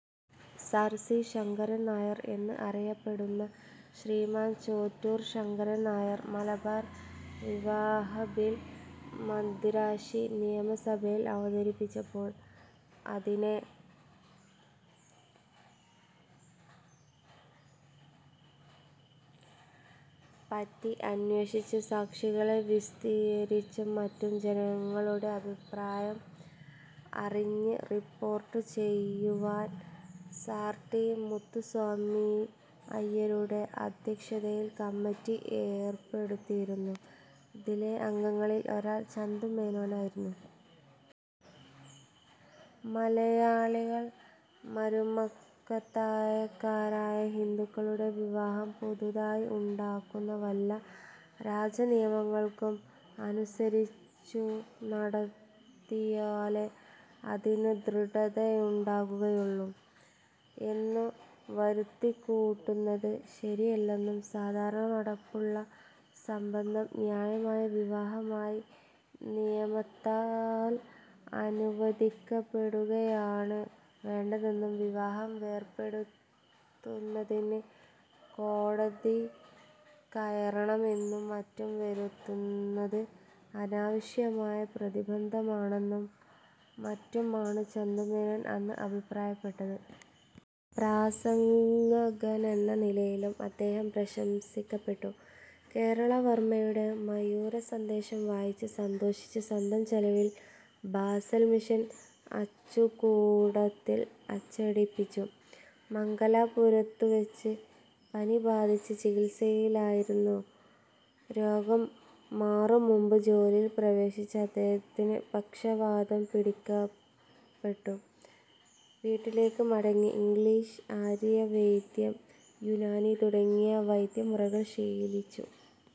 Sir. C. Sankaran Nair എന്ന് അറിയപ്പെടുന്ന ശ്രീമാൻ ചേറ്റൂർ ശങ്കരൻ നായർ മലബാർ വിവാഹബിൽ മദിരാശി നിയമസഭയിൽ അവതരിപ്പിച്ചപ്പോൾ അതിനെപ്പറ്റി അന്വേഷിച്ച് സാക്ഷികളെ വിസ്തരിച്ചും മറ്റും ജനങ്ങളുടെ അഭിപ്രായം അറിഞ്ഞ് റിപ്പോർട്ടുചെയ്യുവാൻ സർ ടി. മുത്തുസ്വാമി അയ്യരുടെ അധ്യക്ഷതയിൽ കമ്മറ്റി ഏർപ്പെടുത്തിയിരുന്നു. അതിലെ അംഗങ്ങളിൽ ഒരാൾ ചന്തുമേനോനായിരുന്നു. മലയാളികളിൽ മരുമക്കത്തായക്കാരായ ഹിന്ദുക്കളുടെ വിവാഹം പുതുതായി ഉണ്ടാക്കുന്ന വല്ല രാജനിയമങ്ങൾക്കും അനുസരിച്ചുനടത്തിയാലേ അതിന്നു ദൃഢതയുണ്ടാകയുള്ളൂ എന്നു വരുത്തിക്കൂട്ടുന്നത് ശരിയല്ലെന്നും സാധാരണ നടപ്പുള്ള സംബന്ധം ന്യായമായ വിവാഹമായി നിയമത്താൽ അനുവദിക്കപ്പെടുകയാണ് വേണ്ടതെന്നും വിവാഹം വേർപ്പെടുത്തുന്നതിന് കോടതികയറണം എന്നും മറ്റും വരുത്തുന്നത് അനാവശ്യമായ പ്രതിബന്ധമാണെന്നും മറ്റുമാണ് ചന്തുമേനോൻ അന്ന് അഭിപ്രായപ്പെട്ടത്. പ്രസംഗകനെന്ന നിലയിലും അദ്ദേഹം പ്രശംസിക്കപ്പെട്ടു. കേരളവർമയുടെ മയൂരസന്ദേശം വായിച്ച് സന്തോഷിച്ച് സ്വന്തം ചെലവിൽ ബാസൽ മിഷൻ അച്ചുകൂടത്തിൽ അച്ചടിപ്പിച്ചു. മംഗലാപുരത്തുവെച്ച് പനിബാധിച്ച് ചികിത്സയിലായി രോഗം മാറും മുൻപ് ജോലിയിൽ പ്രവേശിച്ച അദ്ദേഹത്തിന് പക്ഷവാതം പിടിപെട്ടു. വീട്ടിലേക്കു മടങ്ങി ഇംഗ്ലീഷ്, ആര്യവൈദ്യം, യുനാനി തുടങ്ങിയ വൈദ്യമുറകൾ ശീലിച്ചു.